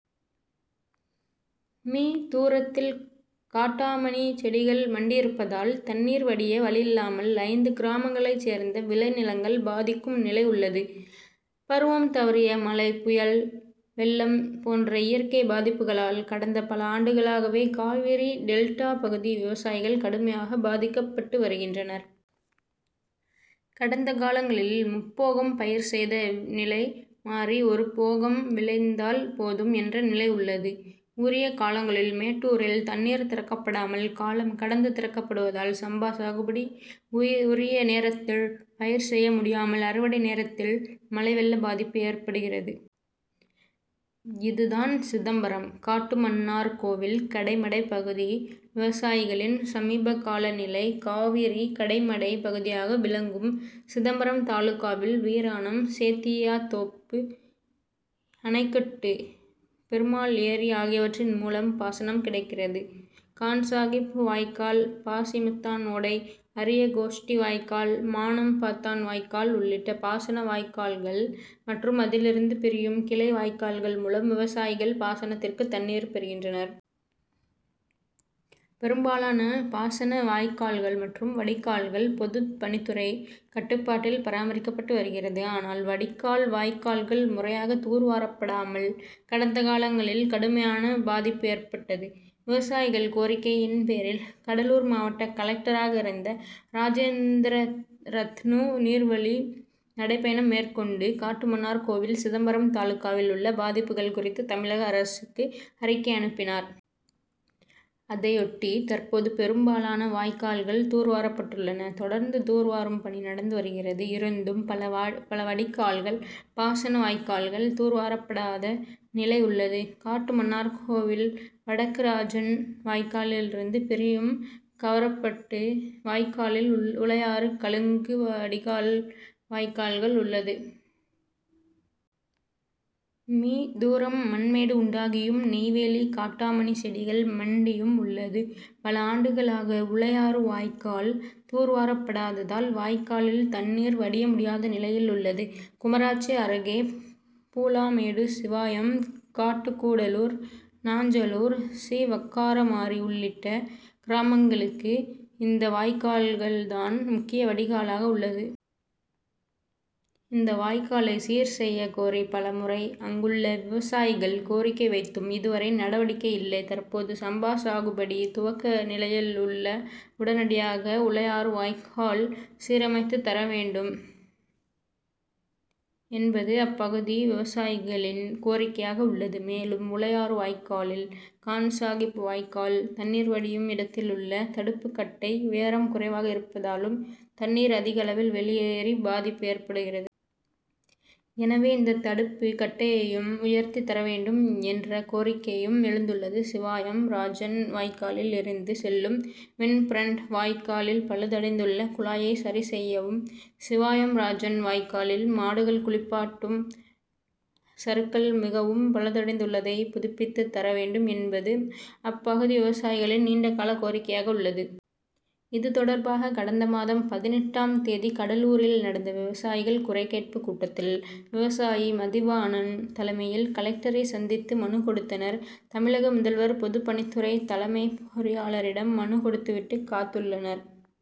Me., தூரத்திற்கு காட்டாமணி செடிகள் மண்டியிருப்பதால் தண் ணீர் வடிய வழியில்லாமல் ஐந்து கிராமங்களைச் சேர்ந்த விளை நிலங்கள் பாதிக்கும் நிலை உள்ளது. பருவம் தவறிய மழை, புயல், வெள்ளம் போன்ற இயற்கை பாதிப்புகளால் கடந்த பல ஆண்டுகளாகவே காவிரி டெல்டா பகுதி விவசாயிகள் கடுமையாக பாதிக் கப்பட்டு வருகின்றனர். கடந்த காலங்களில் முப்போகம் பயிர் செய்த நிலை மாறி ஒரு போகம் விளைந்தால் போதும் என்ற நிலை உள்ளது. உரிய காலங்களில் மேட் டூரில் தண்ணீர் திறக்கப்படாமல் காலம் கடந்து திறக்கப்படுவதால் சம்பா சாகுபடி உரிய நேரத்தில் பயிர் செய்யமுடியாமல் அறுவடை நேரத்தில் மழை, வெள்ள பாதிப்பு ஏற்படுகிறது. இதுதான் சிதம்பரம், காட்டுமன்னார் கோவில் கடைமடை பகுதி விவசாயிகளின் சமீப கால நிலை. காவிரி கடைமடை பகுதியாக விளங்கும் சிதம்பரம் தாலுகாவில் வீராணம், சேத்தியாத்தோப்பு அணைக்கட்டு, பெருமாள் ஏரி ஆகியவற்றின் மூலம் பாசனம் கிடைக்கிறது. கான்சாகிப் வாய்க்கால், பாசிமுத்தான் ஓடை, அரியகோஷ்டி வாய்க்கால், மானம்பாத்தான் வாய்க்கால் உள்ளிட்ட பாசன வாய்க்கால்கள் மற்றும் அதிலிருந்து பிரியும் கிளை வாய்க்கால் கள் மூலம் விவசாயிகள் பாசனத் திற்கு தண்ணீர் பெறுகின்றனர். பெரும்பாலான பாசன வாய்க் கால்கள் மற்றும் வடிகால்கள் பொதுப்பணித்துறை கட்டுப்பாட் டில் பராமரிக்கப்பட்டு வருகிறது. ஆனால் வடிகால் வாய்க்கால்கள் முறையாக தூர் வாரப்படாமல் கடந்த காலங்களில் கடுமையான பாதிப்பு ஏற்பட்டது. விவசாயிகள் கோரிக்கையின் பேரில் கடலூர் மாவட்ட கலெக் டராக இருந்த ராஜேந்திரரத்னு நீர்வழி நடைபயணம் மேற் கொண்டு காட்டுமன்னார்கோவில் சிதம்பரம் தாலுகாவில் உள்ள பாதிப்புகள் குறித்து தமிழக அரசுக்கு அறிக்கை அனுப்பினார். அதையொட்டி தற்போது பெரும் பாலான வாய்க்கால்கள் தூர் வாரப்பட்டுள்ளன. தொடர்ந்து தூர்வாரும் பணி நடந்து வருகிறது. இருந்தும் பல வடிகால்கள், பாசன வாய்க்கால்கள் தூர்வாரப்படாத நிலை உள்ளது. காட்டுமன்னார்கோவில் வடக்கு ராஜன் வாய்க்காலில் இருந்து பிரியும் கவரப்பட்டு வாய்க்காலில் உளையாறு கலுங்கு வடிகால் வாய்க்கால் உள்ளது. மீ., தூரம் மண்மேடு உண்டாகியும், நெய் வேலி காட்டாமணிசெடிகள் மண் டியும் உள்ளது. பல ஆண்டுகளாக உளையாறு வாய்க்கால் தூர்வாரப்படாததால் வாய்க்காலில் தண்ணீர் வடிய முடியாத நிலையில் உள்ளது. குமராட்சி அருகே பூலாமேடு, சிவாயம், காட்டுக்கூடலூர், நாஞ் சலூர், சி. வக்காரமாரி உள்ளிட்ட கிராமங்களுக்கு இந்த வாய்க்கால் தான் முக்கிய வடிகாலாக உள்ளது. இந்த வாய்க்காலை சீர்செய்ய கோரி பல முறை அங்குள்ள விவசாயிகள் கோரிக்கை வைத்தும் இதுவரை நடவடிக்கை இல்லை. தற்போது சம்பா சாகுபடி துவக்க உள்ள நிலையில் உடனடியாக உளையாறு வாய்க்கால் சீரமைத்துத் தரவேண்டும் என்பது அப்பகுதி விவசாயிகளின் கோரிக்கையாக உள்ளது. மேலும் உளையாறு வாய்க்காலில் கான்சாகிப் வாய்க்கால் தண் ணீர் வடியும் இடத்தில் உள்ள தடுப்புக்கட்டை உயரம் குறைவாக இருப்பதாலும் தண்ணீர் அதிக அளவில் வெளியேறி பாதிப்பு ஏற்படுகிறது. எனவே இந்த தடுப்பு கட்டையையும் உயர்த்தி தரவேண்டும் என்ற கோரிக்கையும் எழுந்துள்ளது. சிவாயம் ராஜன் வாய்க்காலில் இருந்து செல்லும் வின்பிரண்ட் வாய்க்காலில் பழுதடைந்துள்ள குழாயை சரி செய்யவும், சிவாயம் ராஜன் வாய்க்காலில் மாடுகள் குளிப்பாட்டும் சறுக்கல் மிகவும் பழுதடைந்துள்ளதை புதுப்பித்து தரவேண்டும் என்பதும் அப்பகுதி விவசாயிகளின் நீண்ட கால கோரிக்கையாக உள்ளது. இது தொடர்பாக கடந்த மாதம் பதினெட்டாம் தேதி கடலூரில் நடந்த விவசாயிகள் குறைகேட்பு கூட்டத்தில் விவசாயி மதிவாணன் தலைமையில் கலெக்டரை சந்தித்து மனு கொடுத்தனர். தமிழக முதல்வர், பொதுப்பணித்துறை தலைமை பொறியாளரிடம் மனு கொடுத்து விட்டு காத்துள்ளனர்.